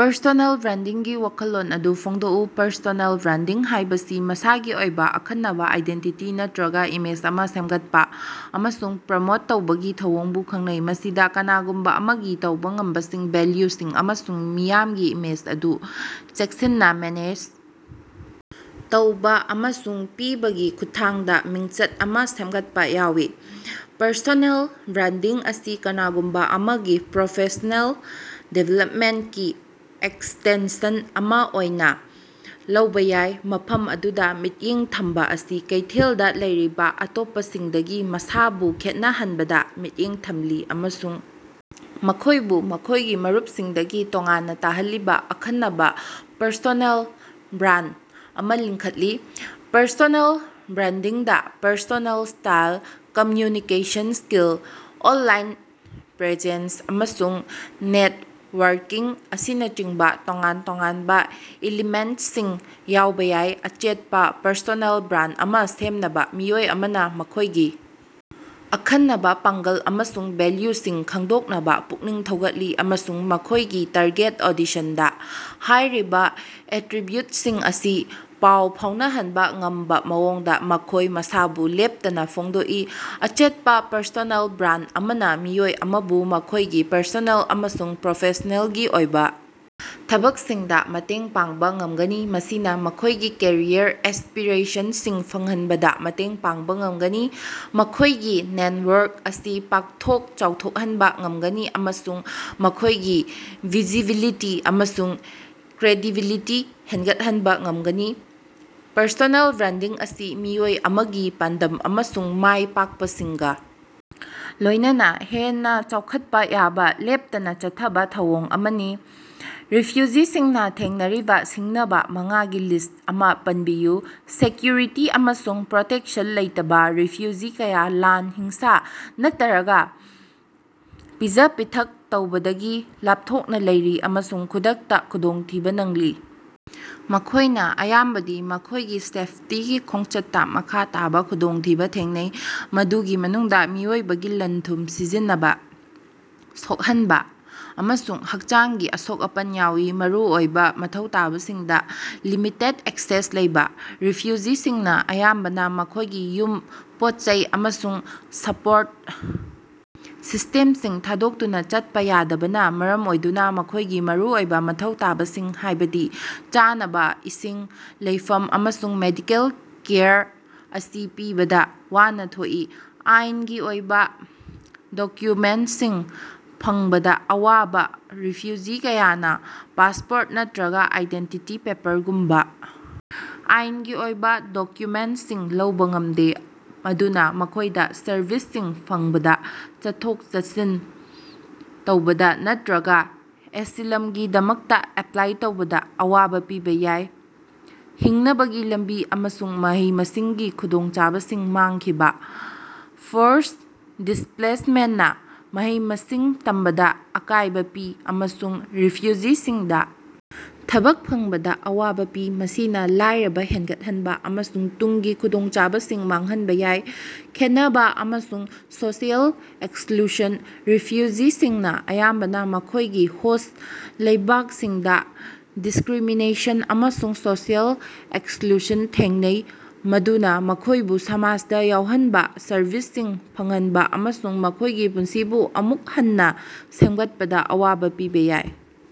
Personal ꯕ꯭ꯔꯥꯟꯗꯤꯡꯒꯤ ꯋꯥꯈꯜꯂꯣꯟ ꯑꯗꯨ ꯐꯣꯡꯗꯣꯛꯎ꯫ ꯄꯔꯁꯣꯅꯦꯜ ꯕ꯭ꯔꯥꯟꯗꯤꯡ ꯍꯥꯏꯕꯁꯤ ꯃꯁꯥꯒꯤ ꯑꯣꯏꯕ ꯑꯈꯟꯅꯕ ꯑꯥꯏꯗꯦꯟꯇꯤꯇꯤ ꯅꯠꯇꯔꯒ ꯏꯃꯦꯖ ꯑꯃ ꯁꯦꯝꯒꯠꯄ ꯑꯃꯁꯨꯡ ꯄ꯭ꯔꯃꯣꯠ ꯇꯧꯕꯒꯤ ꯊꯧꯑꯣꯡꯕꯨ ꯈꯪꯅꯩ꯫ ꯃꯁꯤꯗ ꯀꯅꯥꯒꯨꯝꯕ ꯑꯃꯒꯤ ꯇꯧꯕ ꯉꯝꯕꯁꯤꯡ, ꯚꯦꯂ꯭ꯌꯨꯁꯤꯡ ꯑꯃꯁꯨꯡ ꯃꯤꯌꯥꯝꯒꯤ ꯏꯃꯦꯖ ꯑꯗꯨ ꯆꯦꯛꯁꯤꯟꯅ ꯃꯦꯅꯦꯖ ꯇꯧꯕ ꯑꯃꯁꯨꯡ ꯄꯤꯕꯒꯤ ꯈꯨꯠꯊꯥꯡꯗ ꯃꯤꯡꯆꯠ ꯑꯃ ꯁꯦꯝꯒꯠꯄ ꯌꯥꯎꯏ꯫ ꯄꯔꯁꯣꯅꯦꯜ ꯕ꯭ꯔꯥꯟꯗꯤꯡ ꯑꯁꯤ ꯀꯅꯥꯒꯨꯝꯕ ꯑꯃꯒꯤ ꯄ꯭ꯔꯣꯐꯦꯁ꯭ꯅꯦꯜ ꯗꯤꯕꯦꯂꯞꯃꯦꯟꯇꯀꯤ ꯑꯦꯛꯁꯇꯦꯟꯁꯟ ꯑꯃ ꯑꯣꯏꯅ ꯂꯧꯕ ꯌꯥꯏ, ꯃꯐꯝ ꯑꯗꯨꯗ ꯃꯤꯠꯌꯦꯡ ꯊꯝꯕ ꯑꯁꯤ ꯀꯩꯊꯦꯜꯗ ꯂꯩꯔꯤꯕ ꯑꯇꯣꯞꯄꯁꯤꯡꯗꯒꯤ ꯃꯁꯥꯕꯨ ꯈꯦꯠꯅꯍꯟꯕꯗ ꯃꯤꯠꯌꯦꯡ ꯊꯝꯂꯤ, ꯑꯃꯁꯨꯡ ꯃꯈꯣꯏꯕꯨ ꯃꯈꯣꯏꯒꯤ ꯃꯔꯨꯞꯁꯤꯡꯗꯒꯤ ꯇꯣꯉꯥꯟꯅ ꯇꯥꯍꯜꯂꯤꯕ ꯑꯈꯟꯅꯕ ꯄꯔꯁꯣꯅꯦꯜ ꯕ꯭ꯔꯥꯟꯗ ꯑꯃ ꯂꯤꯡꯈꯠꯂꯤ꯫ ꯄꯔꯁꯣꯅꯦꯜ ꯕ꯭ꯔꯥꯟꯗꯤꯡꯗ personal style, communication skill, online presence, ꯑꯃꯁꯨꯡ ꯅꯦꯠꯋꯥꯔꯀꯤꯡ ꯑꯁꯤꯅꯆꯤꯡꯕ ꯇꯣꯉꯥꯟ-ꯇꯣꯉꯥꯟꯕ ꯏꯂꯤꯃꯦꯟꯇꯁꯤꯡ ꯌꯥꯎꯕ ꯌꯥꯏ꯫ ꯑꯆꯦꯠꯄ ꯄꯔꯁꯣꯅꯦꯜ ꯕ꯭ꯔꯥꯟꯗ ꯑꯃ ꯁꯦꯝꯅꯕ, ꯃꯤꯑꯣꯏ ꯑꯃꯅ ꯃꯈꯣꯏꯒꯤ ꯑꯈꯟꯅꯕ ꯄꯥꯡꯒꯜ ꯑꯃꯁꯨꯡ ꯚꯦꯂ꯭ꯌꯨꯁꯤꯡ ꯈꯪꯗꯣꯛꯅꯕ ꯄꯨꯛꯅꯤꯡ ꯊꯧꯒꯠꯂꯤ, ꯑꯃꯁꯨꯡ ꯃꯈꯣꯏꯒꯤ ꯇꯥꯔꯒꯦꯠ ꯑꯣꯗꯤꯁꯟꯗꯥ ꯍꯥꯏꯔꯤꯕ‌ ꯑꯦꯇꯔꯤꯕ꯭ꯌꯨꯠꯁꯤꯡ ꯑꯁꯤ ꯄꯥꯎ ꯐꯥꯎꯅꯍꯟꯕ ꯉꯝꯕ ꯃꯑꯣꯡꯗ ꯃꯈꯣꯏ ꯃꯁꯥꯕꯨ ꯂꯦꯞꯇꯅ ꯐꯣꯡꯗꯣꯛꯏ꯫ ꯑꯆꯦꯠꯄ ꯄꯔꯁꯣꯅꯦꯜ ꯕ꯭ꯔꯥꯟꯗ ꯑꯃꯅ ꯃꯤꯑꯣꯏ ꯑꯃꯕꯨ ꯃꯈꯣꯏꯒꯤ ꯄꯔꯁꯣꯅꯦꯜ ꯑꯃꯁꯨꯡ ꯄ꯭ꯔꯣꯐꯦꯁ꯭ꯅꯦꯜꯒꯤ ꯑꯣꯏꯕ ꯊꯕꯛꯁꯤꯡꯗ ꯃꯇꯦꯡ ꯄꯥꯡꯕ ꯉꯝꯒꯅꯤ꯫ ꯃꯁꯤꯅ ꯃꯈꯣꯏꯒꯤ ꯀꯦꯔꯤꯌꯔ ꯑꯦꯁ꯭ꯄꯤꯔꯦꯁꯟꯁꯤꯡ ꯐꯪꯍꯟꯕꯗ ꯃꯇꯦꯡ ꯄꯥꯡꯕ ꯉꯝꯒꯅꯤ, ꯃꯈꯣꯏꯒꯤ ꯅꯦꯟꯋꯔꯛ ꯑꯁꯤ ꯄꯥꯛꯊꯣꯛ ꯆꯥꯎꯊꯣꯛꯍꯟꯕ ꯉꯝꯒꯅꯤ ꯑꯃꯁꯨꯡ ꯃꯈꯣꯏꯒꯤ ꯚꯤꯖꯤꯕꯤꯂꯤꯇꯤ ꯑꯃꯁꯨꯡ ꯀ꯭ꯔꯦꯗꯤꯕꯤꯂꯤꯇꯤ ꯍꯦꯟꯒꯠꯍꯟꯕ ꯉꯝꯒꯅꯤ꯫ ꯄꯔꯁꯣꯅꯦꯜ ꯕ꯭ꯔꯥꯟꯗꯤꯡ ꯑꯁꯤ ꯃꯤꯑꯣꯏ ꯑꯃꯒꯤ ꯄꯥꯟꯗꯝ ꯑꯃꯁꯨꯡ ꯃꯥꯏꯄꯥꯛꯄꯁꯤꯡꯒ ꯂꯣꯏꯅꯅꯥ ꯍꯦꯟꯅ ꯆꯥꯎꯈꯠꯄ ꯌꯥꯕ ꯂꯦꯞꯇꯅꯥ ꯆꯠꯊꯕꯥ ꯊꯧꯑꯣꯡ ꯑꯃꯅꯤ꯫ ꯔꯤꯐ꯭ꯌꯨꯖꯤꯁꯤꯡꯅ ꯊꯦꯡꯅꯔꯤꯕ ꯁꯤꯡꯅꯕꯥ ꯃꯉꯥꯒꯤ ꯂꯤꯁ꯭ꯠ ꯑꯃ ꯄꯟꯕꯤꯌꯨ꯫ ꯁꯦꯀ꯭ꯌꯨꯔꯤꯇꯤ ꯑꯃꯁꯨꯡ ꯄ꯭ꯔꯣꯇꯦꯛꯁꯟ ꯂꯩꯇꯕꯥ - ꯔꯤꯐ꯭ꯌꯨꯖꯤ ꯀꯌꯥ ꯂꯥꯟ, ꯍꯤꯡꯁꯥ ꯅꯠꯇꯔꯒ ꯄꯤꯖ-ꯄꯤꯊꯛ ꯇꯧꯕꯗꯒꯤ ꯂꯥꯞꯊꯣꯛꯅ ꯂꯩꯔꯤ ꯑꯃꯁꯨꯡ ꯈꯨꯗꯛꯇ ꯈꯨꯗꯣꯡꯊꯤꯕ ꯅꯪꯂꯤ꯫ ꯃꯈꯣꯏꯅ ꯑꯌꯥꯝꯕꯗꯤ ꯃꯈꯣꯏꯒꯤ ꯁꯦꯐꯇꯤꯒꯤ ꯈꯣꯡꯆꯠꯇ ꯃꯈꯥ ꯇꯥꯕ ꯈꯨꯗꯣꯡꯊꯤꯕ ꯊꯦꯡꯅꯩ, ꯃꯗꯨꯒꯤ ꯃꯅꯨꯡꯗ ꯃꯤꯑꯣꯏꯕꯒꯤ ꯂꯟ-ꯊꯨꯝ ꯁꯤꯖꯤꯟꯅꯕꯥ, ꯁꯣꯛꯍꯟꯕ, ꯑꯃꯁꯨꯡ ꯍꯛꯆꯥꯡꯒꯤ ꯑꯁꯣꯛ-ꯑꯄꯟ ꯌꯥꯎꯏ꯫ ꯃꯔꯨꯑꯣꯏꯕ ꯃꯊꯧ ꯇꯥꯕꯁꯤꯡꯗ ꯂꯤꯃꯤꯇꯦꯗ ꯑꯦꯛꯁꯦꯁ ꯂꯩꯕ - ꯔꯤꯐ꯭ꯌꯨꯖꯤꯁꯤꯡꯅ ꯑꯌꯥꯝꯕꯅꯥ ꯃꯈꯣꯏꯒꯤ ꯌꯨꯝ, ꯄꯣꯠ-ꯆꯩ ꯑꯃꯁꯨꯡ ꯁꯄꯣꯔꯠ ꯁꯤꯁꯇꯦꯝꯁꯤꯡ ꯊꯥꯗꯣꯛꯇꯨꯅ ꯆꯠꯄ ꯌꯥꯗꯕꯅ ꯃꯔꯝ ꯑꯣꯏꯗꯨꯅ ꯃꯈꯣꯏꯒꯤ ꯃꯔꯨꯑꯣꯏꯕ ꯃꯊꯧ ꯇꯥꯕꯁꯤꯡ ꯍꯥꯏꯕꯗꯤ ꯆꯥꯅꯕꯥ, ꯏꯁꯤꯡ, ꯂꯩꯐꯝ, ꯑꯃꯁꯨꯡ ꯃꯦꯗꯤꯀꯦꯜ ꯀꯦꯌꯔ ꯑꯁꯤ ꯄꯤꯕꯗ ꯋꯥꯅ ꯊꯣꯛꯏ꯫ ꯑꯥꯏꯟꯒꯤ ꯑꯣꯏꯕ ꯗꯣꯀ꯭ꯌꯨꯃꯦꯟꯇꯁꯤꯡ ꯐꯪꯕꯗ ꯑꯋꯥꯕ - ꯔꯤꯐ꯭ꯌꯨꯖꯤ ꯀꯌꯥꯅ ꯄꯥꯁꯄꯣꯔꯠ ꯅꯠꯇꯔꯒ ꯑꯥꯏꯗꯦꯟꯇꯤꯇꯤ ꯄꯦꯄꯔꯒꯨꯝꯕ ꯑꯥꯏꯟꯒꯤ ꯑꯣꯏꯕ ꯗꯣꯀ꯭ꯌꯨꯃꯦꯟꯇꯁꯤꯡ ꯂꯧꯕ ꯉꯝꯗꯦ, ꯃꯗꯨꯅ ꯃꯈꯣꯏꯗꯥ ꯁꯔꯚꯤꯁꯁꯤꯡ ꯐꯪꯕꯗ, ꯆꯠꯊꯣꯛ-ꯆꯠꯁꯤꯟ ꯇꯧꯕꯗ ꯅꯠꯇꯔꯒ ꯑꯦꯁꯤꯂꯝꯒꯤꯗꯃꯛꯇ ꯑꯦꯄ꯭ꯂꯥꯏ ꯇꯧꯕꯗ ꯑꯋꯥꯕ ꯄꯤꯕ ꯌꯥꯏ꯫ ꯍꯤꯡꯅꯕꯒꯤ ꯂꯝꯕꯤ ꯑꯃꯁꯨꯡ ꯃꯍꯩ-ꯃꯁꯤꯡꯒꯤ ꯈꯨꯗꯣꯡꯆꯥꯕꯁꯤꯡ ꯃꯥꯡꯈꯤꯕ - ꯐꯣꯔꯁ ꯗꯤꯁꯄ꯭ꯂꯦꯁꯃꯦꯟꯇꯅꯥ ꯃꯍꯩ-ꯃꯁꯤꯡ ꯇꯝꯕꯗ ꯑꯀꯥꯏꯕ ꯄꯤ ꯑꯃꯁꯨꯡ ꯔꯤꯐ꯭ꯌꯨꯖꯤꯁꯤꯡꯗ ꯊꯕꯛ ꯐꯪꯕꯗ ꯑꯋꯥꯕ ꯄꯤ, ꯃꯁꯤꯅ ꯂꯥꯏꯔꯕꯥ ꯍꯦꯟꯒꯠꯍꯟꯕ ꯑꯃꯁꯨꯡ ꯇꯨꯡꯒꯤ ꯈꯨꯗꯣꯡꯆꯥꯕꯁꯤꯡ ꯃꯥꯡꯍꯟꯕ ꯌꯥꯏ꯫ ꯈꯦꯟꯅꯕ ꯑꯃꯁꯨꯡ ꯁꯣꯁꯤꯑꯦꯜ ꯑꯦꯛꯁꯀ꯭ꯂꯨꯁꯟ - ꯔꯤꯐ꯭ꯌꯨꯖꯤꯁꯤꯡꯅ ꯑꯌꯥꯝꯕꯅ ꯃꯈꯣꯏꯒꯤ ꯍꯣꯁ꯭ꯠ ꯂꯩꯕꯥꯛꯁꯤꯡꯗ ꯗꯤꯁꯀ꯭ꯔꯤꯃꯤꯅꯦꯁꯟ ꯑꯃꯁꯨꯡ ꯁꯣꯁꯤꯑꯦꯜ ꯑꯦꯛꯁꯀ꯭ꯂꯨꯁꯟ ꯊꯦꯡꯅꯩ, ꯃꯗꯨꯅ ꯃꯈꯣꯏꯕꯨ ꯁꯃꯥꯖꯗ ꯌꯥꯎꯍꯟꯕ, ꯁꯔꯚꯤꯁꯁꯤꯡ ꯐꯪꯍꯟꯕ ꯑꯃꯁꯨꯡ ꯃꯈꯣꯏꯒꯤ ꯄꯨꯟꯁꯤꯕꯨ ꯑꯃꯨꯛ ꯍꯟꯅ ꯁꯦꯝꯒꯠꯄꯗ ꯑꯋꯥꯕ ꯄꯤꯕ ꯌꯥꯏ꯫